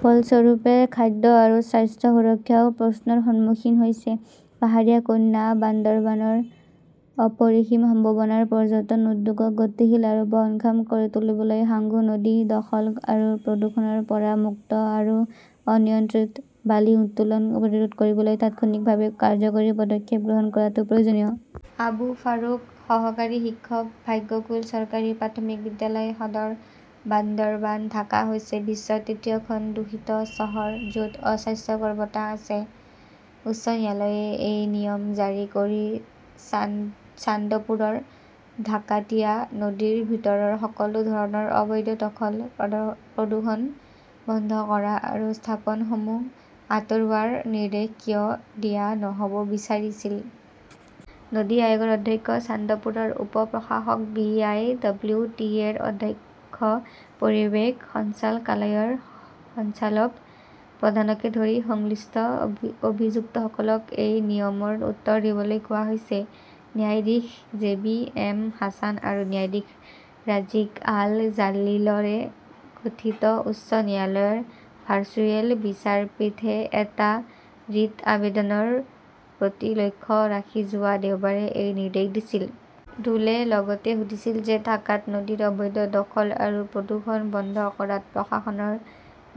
ফলস্বৰূপে, খাদ্য আৰু স্বাস্থ্য সুৰক্ষাও প্ৰশ্নৰ সন্মুখীন হৈছে। পাহাৰীয়া কন্যা বান্দাৰবানৰ অপৰিসীম সম্ভাৱনাৰ পৰ্যটন উদ্যোগক গতিশীল আৰু বহনক্ষম কৰি তুলিবলৈ সাঙ্গু নদী দখল আৰু প্ৰদূষণৰ পৰা মুক্ত আৰু অনিয়ন্ত্ৰিত বালি উত্তোলন প্ৰতিৰোধ কৰিবলৈ তাৎক্ষণিকভাৱে কাৰ্যকৰী পদক্ষেপ গ্ৰহণ কৰাটো প্ৰয়োজনীয়। আবু ফাৰুক সহকাৰী শিক্ষক, ভাগ্যকুল চৰকাৰী প্ৰাথমিক বিদ্যালয়, সদৰ, বান্দাৰবান ঢাকা হৈছে বিশ্বৰ তৃতীয়খন দূষিত চহৰ য 'ত অস্বাস্থ্যকৰ বতাহ আছে। উচ্চ ন্যায়ালয়ে এই নিয়ম জাৰি কৰি চান্দপুৰৰ ডাকাতিয়া নদীৰ ভিতৰৰ সকলো ধৰণৰ অবৈধ দখল, প্ৰদূষণ বন্ধ কৰা আৰু স্থাপনসমূহ আঁতৰোৱাৰ নিৰ্দেশ কিয় দিয়া নহ'ব বিচাৰিছিল। নদী আয়োগৰ অধ্যক্ষ, চান্দপুৰৰ উপ-প্ৰশাসক, B. I. W. T. A. ৰ অধ্যক্ষ, পৰিৱেশ সঞ্চালকালয়ৰ সঞ্চালক প্ৰধানকে ধৰি সংশ্লিষ্ট অভিযুক্তসকলক এই নিয়মৰ উত্তৰ দিবলৈ কোৱা হৈছে। ন্যায়াধীশ জে বি এম হাছান আৰু ন্যায়াধীশ ৰাজিক আল জালিলৰে গঠিত উচ্চ ন্যায়ালয়ৰ ভাৰ্চুৱেল বিচাৰপীঠে এটা ৰিট আবেদনৰ প্ৰতি লক্ষ্য ৰাখি যোৱা দেওবাৰে এই নিৰ্দেশ দিছিল। ৰুলে লগতে সুধিছিল যে ডাকাত নদীৰ অবৈধ দখল আৰু প্ৰদূষণ বন্ধ কৰাত প্ৰশাসনৰ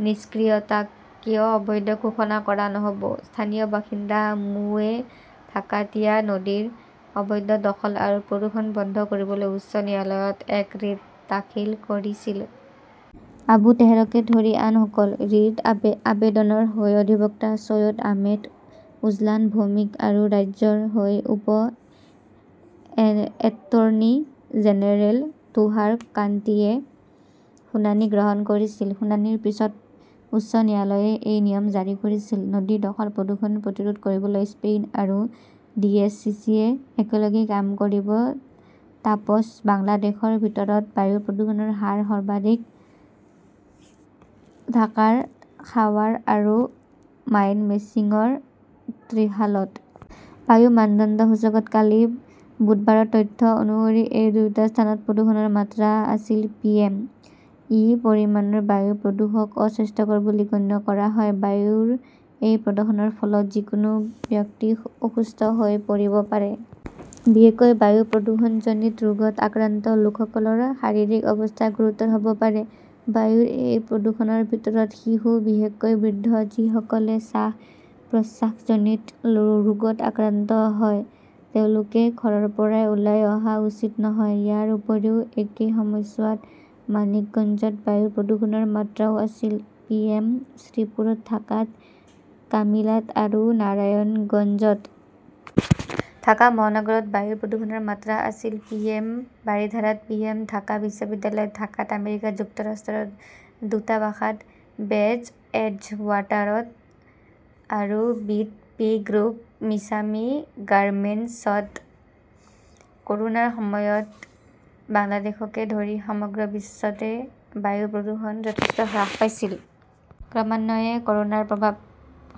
নিষ্ক্ৰিয়তাক কিয় অবৈধ ঘোষণা কৰা নহ 'ব। স্থানীয় বাসিন্দা মো. এ ডাকাতিয়া নদীৰ অবৈধ দখল আৰু প্ৰদূষণ বন্ধ কৰিবলৈ উচ্চ ন্যায়ালয়ত এখন ৰিট দাখিল কৰিছিল। আবু তেহৰকে ধৰি আনসকল। ৰিট আবেদনৰ হৈ অধিবক্তা চৈয়দ আহমেদ, উজলান ভৌমিক আৰু ৰাজ্যৰ হৈ উপ এটৰ্নী জেনেৰেল তুষাৰ কান্তি ৰয়ে শুনানি গ্ৰহণ কৰিছিল। শুনানিৰ পিছত উচ্চ ন্যায়ালয়ে এই নিয়ম জাৰি কৰিছিল। নদী দখল-প্ৰদূষণ প্ৰতিৰোধ কৰিবলৈ স্পেইন আৰু ডিএছচিচিয়ে একেলগে কাম কৰিব তাপাস বাংলাদেশৰ ভিতৰত বায়ু প্ৰদূষণৰ হাৰ সৰ্বাধিক ঢাকাৰ সাৱাৰ আৰু মাইমেন্সিংৰ ত্ৰিশালত। বায়ু মানদণ্ড সূচকত কালি বুধবাৰৰ তথ্য অনুসৰি, এই দুয়োটা স্থানত প্ৰদূষণৰ মাত্ৰা আছিল পি এম। এই পৰিমাণৰ বায়ু প্ৰদূষণক অস্বাস্থ্যকৰ বুলি গণ্য কৰা হয়। বায়ুৰ এই প্ৰদূষণৰ ফলত যিকোনো ব্যক্তি অসুস্থ হৈ পৰিব পাৰে। বিশেষকৈ বায়ু প্ৰদূষণজনিত ৰোগত আক্ৰান্ত লোকসকলৰ শাৰীৰিক অৱস্থা গুৰুতৰ হ'ব পাৰে। বায়ুৰ এই প্ৰদূষণৰ ভিতৰত শিশু, বিশেষকৈ বৃদ্ধ যিসকলে শ্বাস-প্ৰশ্বাসজনিত ৰোগত আক্ৰান্ত হয় তেওঁলোকে ঘৰৰ পৰা ওলাই অহা উচিত নহয়। ইয়াৰ উপৰিও একে সময়ছোৱাত মানিকগঞ্জত বায়ু প্ৰদূষণৰ মাত্ৰা আছিল পিএম, শ্ৰীপুৰত, ঢাকাত, কামিলাত আৰু নাৰায়ণগঞ্জত। ঢাকা মহানগৰত বায়ু প্ৰদূষণৰ মাত্ৰা আছিল পিএম, বাৰিধাৰাত পিএম, ঢাকা বিশ্ববিদ্যালয়ত, ঢাকাত আমেৰিকা যুক্তৰাষ্ট্ৰৰ দূতাবাসত, বে 'জ এডজৱাটাৰত আৰু বিট' পি গ্ৰুপ মিছামি গাৰ্মেণ্টছত। ক'ৰোনাৰ সময়ত বাংলাদেশকে ধৰি সমগ্ৰ বিশ্বতে বায়ু প্ৰদূষণ যথেষ্ট হ্ৰাস পাইছিল। ক্ৰমান্বয়ে ক'ৰোনাৰ প্ৰভাৱ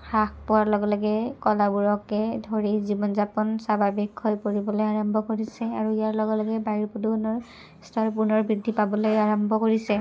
হ্ৰাস পোৱাৰ লগে লগে কলাবোৰকে ধৰি জীৱন-যাপন স্বাভাৱিক হৈ পৰিবলৈ আৰম্ভ কৰিছে আৰু ইয়াৰ লগে লগে বায়ু প্ৰদূষণৰ স্তৰ পুনৰ বৃদ্ধি পাবলৈ আৰম্ভ কৰিছে।